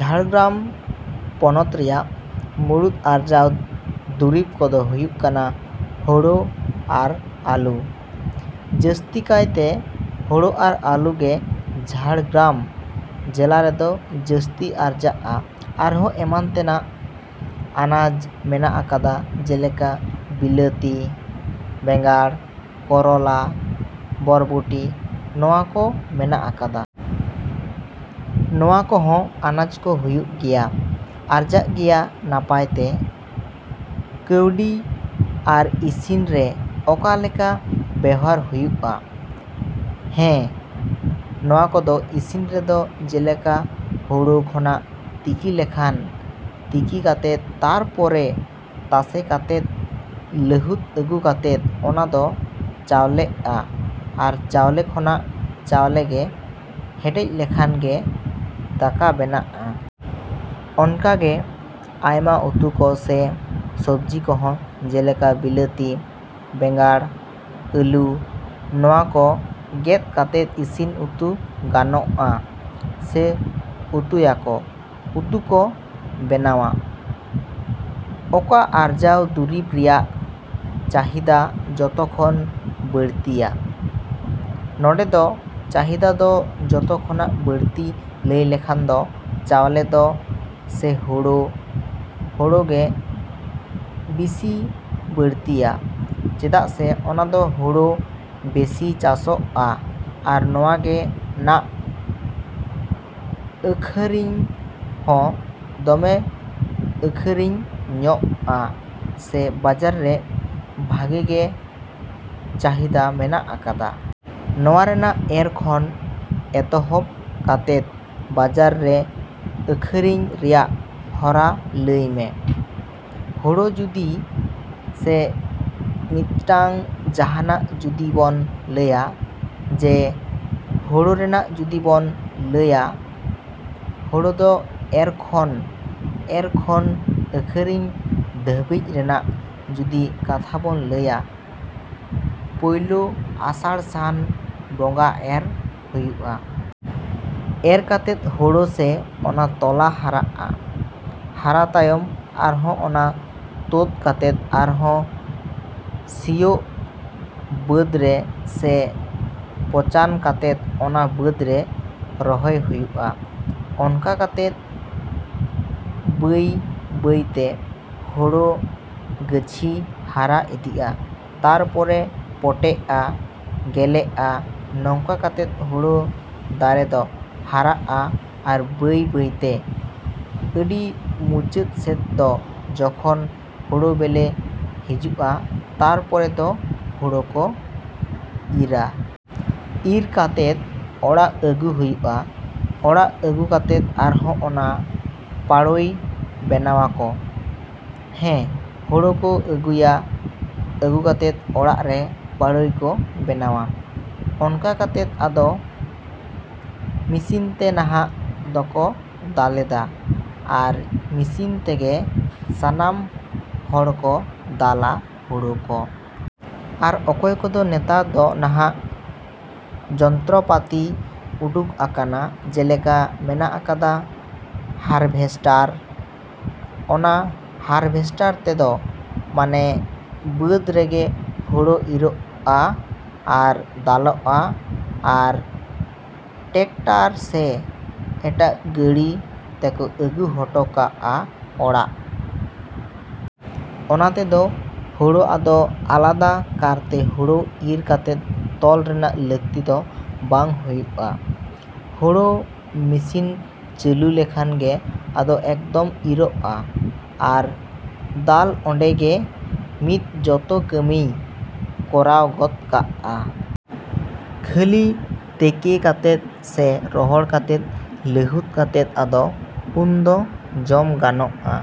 ᱡᱷᱟᱲᱜᱨᱟᱢ ᱯᱚᱱᱚᱛ ᱨᱮᱭᱟᱜ ᱢᱩᱲᱩᱫ ᱟᱨᱡᱟᱣ ᱫᱩᱨᱤᱵᱽ ᱠᱚᱫᱚ ᱦᱩᱭᱩᱜ ᱠᱟᱱᱟ ᱦᱳᱲᱳ ᱟᱨ ᱟᱞᱩ᱾ ᱡᱟᱹᱥᱛᱤ ᱠᱟᱭᱛᱮ ᱦᱳᱲᱳ ᱟᱨ ᱟᱞᱩ ᱜᱮ ᱡᱷᱟᱲᱜᱨᱟᱢ ᱡᱮᱞᱟ ᱨᱮᱫᱚ ᱡᱟᱹᱥᱛᱤ ᱟᱨᱡᱟᱜᱼᱟ᱾ ᱟᱨᱦᱚᱸ ᱮᱢᱟᱱ ᱛᱮᱱᱟᱜ ᱟᱱᱟᱡ ᱢᱮᱱᱟᱜ ᱟᱠᱟᱫᱟ ᱡᱮᱞᱮᱠᱟ ᱵᱤᱞᱟᱹᱛᱤ, ᱵᱮᱸᱜᱟᱲ, ᱠᱚᱨᱚᱞᱟ, ᱵᱚᱨᱵᱚᱴᱤ ᱱᱚᱣᱟ ᱠᱚ ᱢᱮᱱᱟᱜ ᱟᱠᱟᱫᱟ᱾ ᱱᱚᱣᱟ ᱠᱚᱦᱚᱸ ᱟᱱᱟᱡ ᱠᱚ ᱦᱩᱭᱩᱜ ᱜᱮᱭᱟ, ᱟᱨᱡᱟᱜ ᱜᱮᱭᱟ ᱱᱟᱯᱟᱭ ᱛᱮ᱾ ᱠᱟᱹᱣᱰᱤ ᱟᱨ ᱤᱥᱤᱱ ᱨᱮ ᱚᱠᱟ ᱞᱮᱠᱟ ᱵᱮᱣᱦᱟᱨ ᱦᱩᱭᱩᱜᱼᱟ? ᱦᱮᱸ, ᱱᱚᱣᱟ ᱠᱚᱫᱚ ᱤᱥᱤᱱ ᱨᱮᱫᱚ ᱡᱮᱞᱮᱠᱟ ᱦᱳᱲᱳ ᱠᱷᱚᱱᱟᱜ ᱛᱤᱠᱤ ᱞᱮᱠᱷᱟᱱ, ᱛᱤᱠᱤ ᱠᱟᱛᱮᱫ ᱛᱟᱨᱯᱚᱨᱮ ᱛᱟᱥᱮ ᱠᱟᱛᱮᱫ ᱞᱟᱹᱦᱩᱫ ᱟᱹᱜᱩ ᱠᱟᱛᱮᱫ ᱚᱱᱟ ᱫᱚ ᱪᱟᱣᱞᱮᱜᱼᱟ ᱟᱨ ᱪᱟᱣᱞᱮ ᱠᱷᱚᱱᱟᱜ ᱪᱟᱣᱞᱮ ᱜᱮ ᱦᱮᱰᱮᱡ ᱞᱮᱠᱷᱟᱱ ᱜᱮ ᱫᱟᱠᱟ ᱵᱮᱱᱟᱜᱼᱟ᱾ ᱚᱱᱠᱟᱜᱮ ᱟᱭᱢᱟ ᱩᱛᱩ ᱠᱚ ᱥᱮ ᱥᱚᱵᱡᱤ ᱠᱚᱦᱚᱸ ᱡᱮᱞᱮᱠᱟ ᱵᱤᱞᱟᱹᱛᱤ, ᱵᱮᱸᱜᱟᱲ, ᱟᱹᱞᱩ ᱱᱚᱣᱟ ᱠᱚ ᱜᱮᱫ ᱠᱟᱛᱮᱫ ᱤᱥᱤᱱ ᱩᱛᱩ ᱜᱟᱱᱚᱜᱼᱟ ᱥᱮ ᱩᱛᱩᱭᱟᱠᱚ, ᱩᱛᱩ ᱠᱚ ᱵᱮᱱᱟᱣᱟ᱾ ᱚᱠᱟ ᱟᱨᱡᱟᱣ ᱫᱩᱨᱤᱵᱽ ᱨᱮᱭᱟᱜ ᱪᱟᱦᱤᱫᱟ ᱡᱚᱛᱚ ᱠᱷᱚᱱ ᱵᱟᱹᱲᱛᱤᱭᱟ? ᱱᱚᱸᱰᱮ ᱫᱚ ᱪᱟᱦᱤᱫᱟ ᱫᱚ ᱡᱚᱛᱚ ᱠᱷᱚᱱᱟᱜ ᱵᱟᱹᱲᱛᱤ ᱞᱟᱹᱭ ᱞᱮᱠᱷᱟᱱ ᱫᱚ ᱪᱟᱣᱞᱮ ᱫᱚ ᱥᱮ ᱦᱳᱲᱳ, ᱦᱳᱲᱳ ᱜᱮ ᱵᱤᱥᱤ ᱵᱟᱹᱲᱛᱤᱭᱟ ᱪᱮᱫᱟᱜ ᱥᱮ ᱚᱱᱟᱫᱚ ᱦᱳᱲᱳ ᱵᱮᱥᱤ ᱪᱟᱥᱚᱜᱼᱟ ᱟᱨ ᱱᱚᱣᱟᱜᱮ ᱱᱟᱜ ᱟᱹᱠᱷᱟᱨᱤᱧ ᱦᱚᱸ ᱫᱚᱢᱮ ᱟᱹᱠᱷᱟᱨᱤᱧ ᱧᱚᱜᱼᱟ ᱥᱮ ᱵᱟᱡᱟᱨ ᱨᱮ ᱵᱷᱟᱜᱮ ᱜᱮ ᱪᱟᱦᱤᱫᱟ ᱢᱮᱱᱟᱜ ᱟᱠᱟᱫᱟ᱾ ᱱᱚᱣᱟ ᱨᱮᱱᱟᱜ ᱮᱨ ᱠᱷᱚᱱ ᱮᱛᱚᱦᱚᱵ ᱠᱟᱛᱮᱫ ᱵᱟᱡᱟᱨ ᱨᱮ ᱟᱹᱠᱷᱟᱨᱤᱧ ᱨᱮᱭᱟᱜ ᱦᱚᱨᱟ ᱞᱟᱹᱭᱢᱮ᱾ ᱦᱳᱲᱳ ᱡᱩᱫᱤ ᱥᱮ ᱢᱤᱫᱴᱟᱝ ᱡᱟᱦᱟᱱᱟᱜ ᱡᱩᱫᱤ ᱵᱚᱱ ᱞᱟᱹᱭᱟ ᱡᱮ ᱦᱳᱲᱳ ᱨᱮᱱᱟᱜ ᱡᱩᱫᱤ ᱵᱚᱱ ᱞᱟᱹᱭᱟ, ᱦᱳᱲᱳ ᱫᱚ ᱮᱨ ᱠᱷᱚᱱ ᱮᱨ ᱠᱷᱚᱱ ᱟᱹᱠᱷᱟᱨᱤᱧ ᱫᱷᱟᱹᱵᱤᱡ ᱨᱮᱱᱟᱜ ᱡᱩᱫᱤ ᱠᱟᱛᱷᱟ ᱵᱚᱱ ᱞᱟᱹᱭᱟ, ᱯᱳᱭᱞᱳ ᱟᱥᱟᱲ ᱥᱟᱱ ᱵᱚᱸᱜᱟ ᱮᱨ ᱦᱩᱭᱩᱜᱼᱟ᱾ ᱮᱨ ᱠᱟᱛᱮᱫ ᱦᱳᱲᱳ ᱥᱮ ᱚᱱᱟ ᱛᱚᱞᱟ ᱦᱟᱨᱟᱜᱼᱟ᱾ ᱦᱟᱨᱟ ᱛᱟᱭᱚᱢ ᱟᱨᱦᱚᱸ ᱚᱱᱟ ᱛᱳᱫ ᱠᱟᱛᱮᱫ ᱟᱨᱦᱚᱸ ᱥᱤᱭᱳᱜ ᱵᱟᱹᱫᱽ ᱨᱮ ᱥᱮ ᱯᱚᱪᱟᱱ ᱠᱟᱛᱮᱫ ᱚᱱᱟ ᱵᱟᱹᱫᱽ ᱨᱮ ᱨᱚᱦᱚᱭ ᱦᱩᱭᱩᱜᱼᱟ᱾ ᱚᱱᱠᱟ ᱠᱟᱛᱮᱫ ᱵᱟᱹᱭᱼᱵᱟᱹᱭᱛᱮ ᱦᱳᱲᱳ ᱜᱟᱹᱪᱷᱤ ᱦᱟᱨᱟ ᱤᱫᱤᱜᱼᱟ᱾ ᱛᱟᱨᱯᱚᱨᱮ ᱯᱚᱴᱮᱜᱼᱟ, ᱜᱮᱞᱮᱜᱼᱟ, ᱱᱚᱝᱠᱟ ᱠᱟᱛᱮᱫ ᱦᱳᱲᱳ ᱫᱟᱨᱮ ᱫᱚ ᱦᱟᱨᱟᱜᱼᱟ ᱟᱨ ᱵᱟᱹᱭᱼᱵᱟᱹᱭᱛᱮ ᱟᱹᱰᱤ ᱢᱩᱪᱟᱹᱫ ᱥᱮᱫ ᱫᱚ ᱡᱚᱠᱷᱚᱱ ᱦᱳᱲᱳ ᱵᱮᱞᱮ ᱦᱤᱡᱩᱜᱼᱟ ᱛᱟᱨᱯᱚᱨᱮ ᱫᱚ ᱦᱳᱲᱳ ᱠᱚ ᱤᱨᱟ᱾ ᱤᱨ ᱠᱟᱛᱮᱫ ᱚᱲᱟᱜ ᱟᱹᱜᱩ ᱦᱩᱭᱩᱜᱼᱟ᱾ ᱚᱲᱟᱜ ᱟᱹᱜᱩ ᱠᱟᱛᱮᱫ ᱟᱨᱦᱚᱸ ᱚᱱᱟ ᱯᱟᱲᱳᱭ ᱵᱮᱱᱟᱣᱟᱠᱚ᱾ ᱦᱮᱸ, ᱦᱳᱲᱳ ᱠᱚ ᱟᱹᱜᱩᱭᱟ, ᱟᱹᱜᱩ ᱠᱟᱛᱮᱫ ᱚᱲᱟᱜ ᱨᱮ ᱯᱟᱲᱳᱭ ᱠᱚ ᱵᱮᱱᱟᱣᱟ᱾ ᱚᱱᱠᱟ ᱠᱟᱛᱮᱫ ᱟᱫᱚ ᱢᱤᱥᱤᱱᱛᱮ ᱱᱟᱦᱟᱜ ᱫᱚᱠᱚ ᱫᱟᱞᱮᱫᱟ ᱟᱨ ᱢᱤᱥᱤᱱ ᱛᱮᱜᱮ ᱥᱟᱱᱟᱢ ᱦᱚᱲᱠᱚ ᱫᱟᱞᱟ ᱦᱳᱲᱳ ᱠᱚ᱾ ᱟᱨ ᱚᱠᱚᱭ ᱠᱚᱫᱚ ᱱᱮᱛᱟᱨ ᱫᱚ ᱱᱟᱦᱟᱜ ᱡᱚᱱᱛᱨᱚᱯᱟᱛᱤ ᱩᱰᱩᱠ ᱟᱠᱟᱱᱟ ᱡᱮᱞᱮᱠᱟ ᱢᱮᱱᱟᱜ ᱟᱠᱟᱫᱟ ᱦᱟᱨᱵᱷᱮᱥᱴᱟᱨ᱾ ᱚᱱᱟ ᱦᱟᱨᱵᱷᱮᱥᱴᱟᱨ ᱛᱮᱫᱚ ᱢᱟᱱᱮ ᱵᱟᱹᱫᱽ ᱨᱮᱜᱮ ᱦᱳᱲᱳ ᱤᱨᱚᱜᱼᱟ ᱟᱨ ᱫᱟᱞᱚᱜᱼᱟ ᱟᱨ ᱴᱮᱠᱴᱟᱨ ᱥᱮ ᱮᱴᱟᱜ ᱜᱟᱹᱲᱤ ᱛᱮᱠᱚ ᱟᱹᱜᱩ ᱦᱚᱴᱚ ᱠᱟᱜᱼᱟ ᱚᱲᱟᱜ᱾ ᱚᱱᱟ ᱛᱮᱫᱚ ᱦᱳᱲᱳ ᱟᱫᱚ ᱟᱞᱟᱫᱟ ᱠᱟᱨᱛᱮ ᱦᱳᱲᱳ ᱤᱨ ᱠᱟᱛᱮᱫ ᱛᱚᱞ ᱨᱮᱱᱟᱜ ᱞᱟᱹᱠᱛᱤ ᱫᱚ ᱵᱟᱝ ᱦᱩᱭᱩᱜᱼᱟ᱾ ᱦᱳᱲᱳ ᱢᱤᱥᱤᱱ ᱪᱟᱹᱞᱩ ᱞᱮᱠᱷᱟᱱ ᱜᱮ ᱟᱫᱚ ᱮᱠᱫᱚᱢ ᱤᱨᱚᱜᱼᱟ ᱟᱨ ᱫᱟᱞ ᱚᱸᱰᱮ ᱜᱮ ᱢᱤᱫ ᱡᱚᱛᱚ ᱠᱟᱹᱢᱤᱭ ᱠᱚᱨᱟᱣ ᱜᱚᱫ ᱠᱟᱜᱼᱟ᱾ ᱠᱷᱟᱹᱞᱤ ᱛᱮᱠᱮ ᱠᱟᱛᱮᱫ ᱥᱮ ᱨᱚᱦᱚᱲ ᱠᱟᱛᱮᱫ ᱞᱟᱹᱦᱩᱫ ᱠᱟᱛᱮᱫ ᱟᱫᱚ ᱩᱱᱫᱚ ᱡᱚᱢ ᱜᱟᱱᱚᱜᱼᱟ᱾